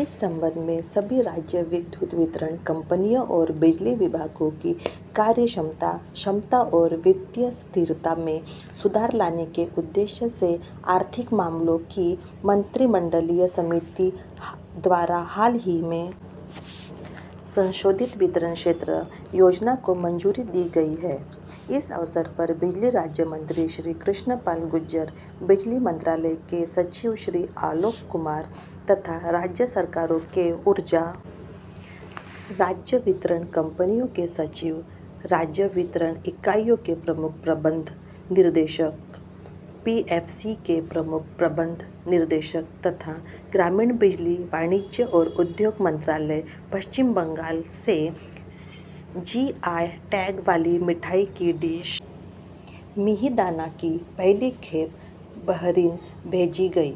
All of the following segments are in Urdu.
اس سلسلے میں تمام ریاستی بجلی تقسیم کار کمپنیوں بجلی محکموں کی کارکردگی صلاحیت اور مالی استحکام میں بہتری لانے کے مقصد سے اقتصادی امور کی کابینہ کمیٹی کے ذریعہ حال ہی میں ترمیم شدہ تقسیم کار سیکٹر منصوبے کو منظوری دی گئی ہے اس موقع پر بجلی کے وزیر مملکت جناب کرشن پال گورجر بجلی وزارت کے سیکریٹری جناب آلوک کمار ریاستی سرکاروں کے توانائی سیکریٹری ریاستی تقسیم کار اکائیوں کے chief managing director P F C کے چیف منیجنگ ڈائریکٹر اور دیہی بجلی کامرس اور صنعت کی وزارت مغربی بنگال سے جی آئی ٹیگ کردہ مٹھائی ڈش مہیدانہ کی پہلی کھیپ بحرین بھیجی گئی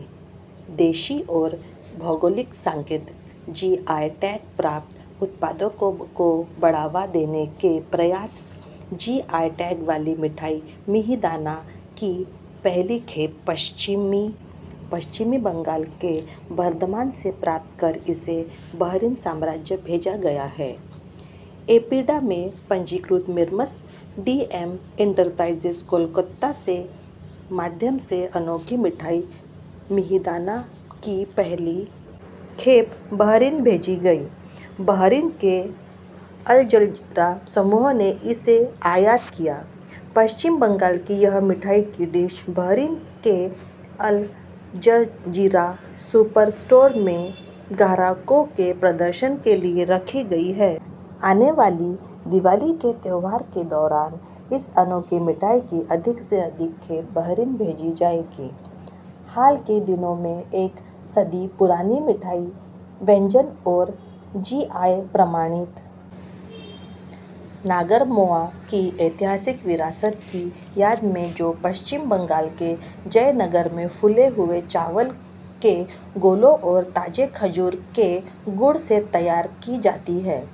دیسی اور جغرافیائی شناخت ٹیگ شدہ مصنوعات کے فروغ کی ایک کوشش کے طور پر جی آئی ٹیگ شدہ مٹھائی ڈش مہیدانہ کی پہلی کھیپ مغربی بنگال کے بردھمان سے حاصل کر کے مملکت بحرین کو بھیجی گئی ہے A P E D A سے registered messrs D M enterprises Kolkata کے ذریعہ منفرد مٹھائی ڈش مہیدانہ کی پہلی کھیپ بحرین کو بھیجی گئی اور الجزیرہ گروپ بحرین نے اسے درآمد کیا ہے مغربی بنگال کی مٹھائی ڈش بحرین کے الجزیرہ سپر اسٹور میں صارفین کی نمائش کے لیے رکھی گئی ہے منفرد مٹھائی ڈش کی زیادہ سے زیادہ کھیپ آنے والی دیوالی کے تہوار کے دوران بحرین کو بھیجی جائے گی حالیہ دنوں ایک صدی پرانی مٹھائی پکوان اور جی آئی تصدیق شدہ جیہ ناگرر مووا کی تاریخی وراثت کی یاد میں جو مغربی بنگال کے جے نگر میں پوپڈ رائس بال اور تازہ کھجور کے گڑ سے تیار کی جاتی ہے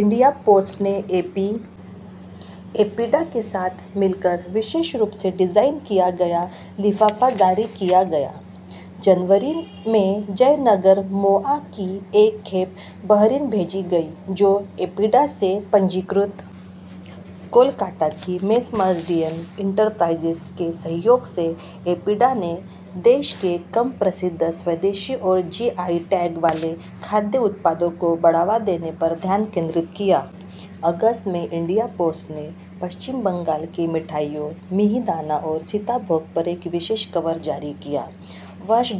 انڈیا پوسٹ نے اے پی ای ڈی اے کے ساتھ مل کر خصوصی ڈیزائن کردہ لفافہ جاری کیا جنوری میں جے نگر موآ کی ایک کھیپ مملکت بحرین کو بھیجی گئی جو اے پی ڈی اے سے registered messrs D M enterprises Kolkata کی مدد سے عمل میں آئی اے پی ای ڈی اے ملک کی کم معروف دیسی اور جی آئی ٹیگ شدہ خوراک کی مصنوعات کو بڑھانے پر توجہ دے رہا ہے اگست میں انڈیا پوسٹ نے مغربی بنگال کی مٹھائی مہیدانہ اور سیتا بھوگ پر ایک خصوصی کور جاری کیا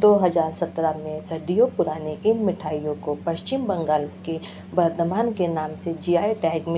دو ہزار سترہ میں صدیوں پرانی مٹھائی کے لیے مغربی بنگال کی بردھمان مٹھائی کو جی آئی ٹیگ